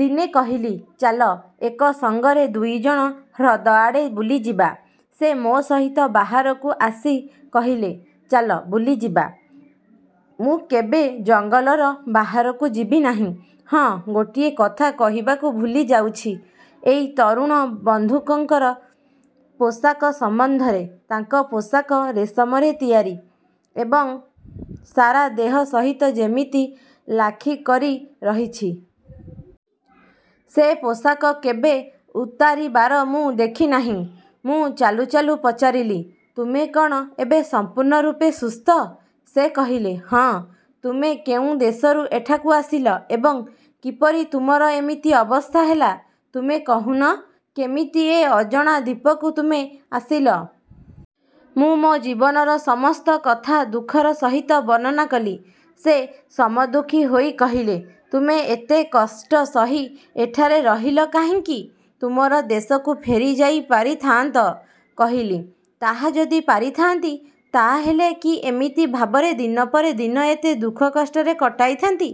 ଦିନେ କହିଲି, ''ଚାଲ ଏକ ସଙ୍ଗରେ ଦୁଇ ଜଣ ହ୍ରଦଆଡ଼େ ବୁଲିଯିବା। ସେ ମୋ ସହିତ ବାହାରକୁ ଆସି କହିଲେ, ''ଚାଲ, ବୁଲିଯିବା। ମୁଁ କେବେ ଜଙ୍ଗଲର ବାହାରକୁ ଯିବି ନାହିଁ। '' ହଁ ଗୋଟିଏ କଥା କହିବାକୁ ଭୁଲିଯାଉଛି, ଏଇ ତରୁଣ ବନ୍ଧୁଙ୍କର ପୋଷାକ ସମ୍ବନ୍ଧରେ-ତାଙ୍କ ପୋଷାକ ରେଶମରେ ତିଆରି ଏବଂ ସାରା ଦେହ ସହିତ ଯେମିତି ଲାଖିକରି ରହିଛି। ସେ ପୋଷାକ କେବେ ଉତାରିବାର ମୁଁ ଦେଖି ନାହିଁ। ମୁଁ ଚାଲୁ ଚାଲୁ ପଚାରିଲି, ''ତୁମେ କ'ଣ ଏବେ ସମ୍ପୂର୍ଣ୍ଣ ରୂପେ ସୁସ୍ଥ? ସେ କହିଲେ, ''ହଁ। '' ''ତୁମେ କେଉଁ ଦେଶରୁ ଏଠାକୁ ଆସିଲ ଏବଂ କିପରି ତୁମର ଏମିତି ଅବସ୍ଥା ହେଲା? '' ''ତୁମେ କହୁନ, କେମିତି ଏ ଅଜଣା ଦ୍ୱୀପକୁ ତୁମେ ଆସିଲ? '' ମୁଁ ମୋ ଜୀବନର ସମସ୍ତ କଥା ଦୁଃଖର ସହିତ ବର୍ଣ୍ଣନା କଲି। ସେ ସମଦୁଃଖୀ ହୋଇ କହିଲେ, ''ତୁମେ ଏତେ କଷ୍ଟ ସହି ଏଠାରେ ରହିଲ କାହିଁକି? ତୁମର ଦେଶକୁ ଫେରି ଯାଇପାରିଥାଆନ୍ତ! '' କହିଲି, ''ତାହା ଯଦି ପାରିଥାନ୍ତି, ତାହାହେଲେ କି ଏମିତି ଭାବରେ ଦିନ ପରେ ଦିନ ଏତେ ଦୁଃଖ କଷ୍ଟରେ କଟାଇଥାନ୍ତି,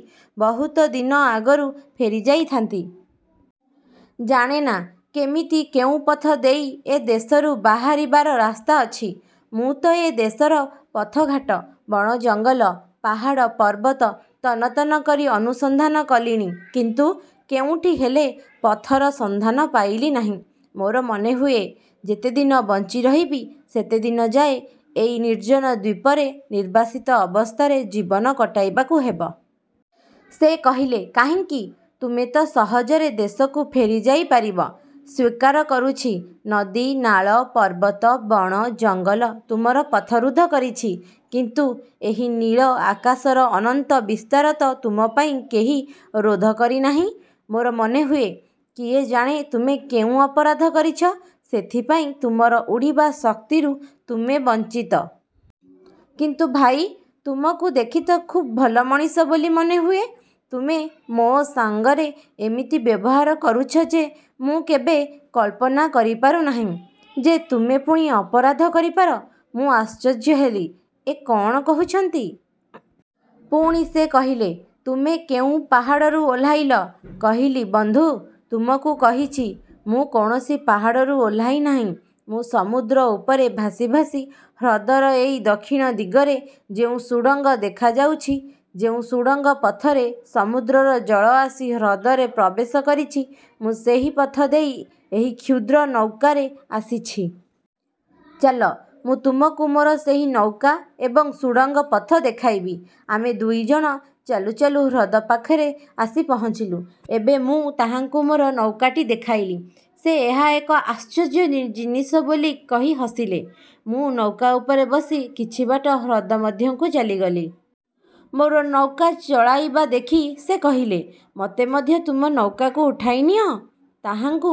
ବହୁତ ଦିନ ଆଗରୁ ଫେରିଯାଇଥାନ୍ତି। ଜାଣେନା କେମିତି କେଉଁ ପଥ ଦେଇ ଏ ଦେଶରୁ ବାହାରିବାର ରାସ୍ତା ଅଛି। ମୁଁ ତ ଏ ଦେଶର ପଥଘାଟ, ବଣ ଜଙ୍ଗଲ, ପାହାଡ଼ ପର୍ବତ ତନ୍ନ ତନ୍ନ କରି ଅନୁସନ୍ଧାନ କଲିଣି; କିନ୍ତୁ କେଉଁଠି ହେଲେ ପଥର ସନ୍ଧାନ ପାଇଲି ନାହିଁ। ମୋର ମନେହୁଏ, ଯେତେଦିନ ବଞ୍ଚି ରହିବି; ସେତେଦିନଯାଏ ଏଇ ନିର୍ଜନ ଦ୍ୱୀପରେ ନିର୍ବାସିତ ଅବସ୍ଥାରେ ଜୀବନ କଟାଇବାକୁ ହେବ। '' ସେ କହିଲେ ''କାହିଁକି? ତୁମେ ତ ସହଜରେ ଦେଶକୁ ଫେରିଯାଇପାରିବ। ସ୍ୱୀକାର କରୁଛି,-ନଦୀ, ନାଳ, ପର୍ବତ, ବଣ, ଜଙ୍ଗଲ ତୁମର ପଥରୁଦ୍ଧ କରିଛି। କିନ୍ତୁ ଏହି ନୀଳ ଆକାଶର ଅନନ୍ତ ବିସ୍ତାର ତ ତୁମପାଇଁ କେହି ରୋଧ କରିନାହିଁ। ମୋର ମନେହୁଏ, କିଏ ଜାଣେ ତୁମେ କେଉଁ ଅପରାଧ କରିଛ, ସେଇଥିପାଇଁ ତୁମର ଉଡ଼ିବା ଶକ୍ତିରୁ ତୁମେ ବଞ୍ଚିତ। କିନ୍ତୁ ଭାଇ, ତୁମକୁ ଦେଖି ତ ଖୁବ୍ ଭଲ ମଣିଷ ବୋଲି ମନେହୁଏ, ତୁମେ ମୋ ସଙ୍ଗରେ ଏମିତି ବ୍ୟବହାର କରୁଛ ଯେ ମୁଁ କେବେ। କଳ୍ପନା କରିପାରୁ ନାହିଁ ଯେ ତୁମେ ପୁଣି ଅପରାଧ କରିପାର। ମୁଁ ଆଶ୍ଚର୍ଯ୍ୟ ହେଲି, ଏ କ'ଣ କହୁଛନ୍ତି! ପୁଣି ସେ କହିଲେ, ''ତୁମେ କେଉଁ ପାହାଡ଼ରୁ ଓହ୍ଲାଇଲ? '' କହିଲି ''ବନ୍ଧୁ! ତୁମକୁ କହିଛି, ମୁଁ କୌଣସି ପାହାଡ଼ରୁ ଓହ୍ଲାଇ ନାହିଁ। ମୁଁ ସମୁଦ୍ର ଉପରେ ଭାସି ଭାସି ହ୍ରଦର ଏଇ ଦକ୍ଷିଣ ଦିଗରେ ଯେଉଁ ସୁଡ଼ଙ୍ଗ ଦେଖାଯାଉଛି, ଯେଉଁ ସୁଡ଼ଙ୍ଗ ପଥରେ ସମୁଦ୍ରର ଜଳ ଆସି ହ୍ରଦରେ ପ୍ରବେଶ କରିଛି, ମୁଁ ସେହି ପଥ ଦେଇ ଏହି କ୍ଷୁଦ୍ର ନୌକାରେ ଆସିଛି। ଚାଲ, ମୁଁ ତୁମକୁ ମୋର ସେହି ନୌକା ଏବଂ ସୁଡ଼ଙ୍ଗ ପଥ ଦେଖାଇବି। ଆମେ ଦୁଇଜଣ ଚାଲୁଁ ଚାଲୁଁ ହ୍ରଦ ପାଖରେ ଆସି ପହଞ୍ଚିଲୁ ଏବଂ ମୁଁ ତାହାଙ୍କୁ ମୋର ନୌକାଟି ଦେଖାଇଲି। ସେ ଏହା ଏକ ଆଶ୍ଚର୍ଯ୍ୟ ଜିନିଷ ବୋଲି କହି ହସିଲେ। ମୁଁ ନୌକା ଉପରେ ବସି କିଛିବାଟ ହ୍ରଦ ମଧ୍ୟକୁ ଚାଲିଗଲି। ମୋର ନୌକା ଚଳାଇବା ଦେଖି ସେ କହିଲେ, ''ମୋତେ ମଧ୍ୟ ତୁମ ନୌକାକୁ ଉଠାଇନିଅ। '' ତାହାଙ୍କୁ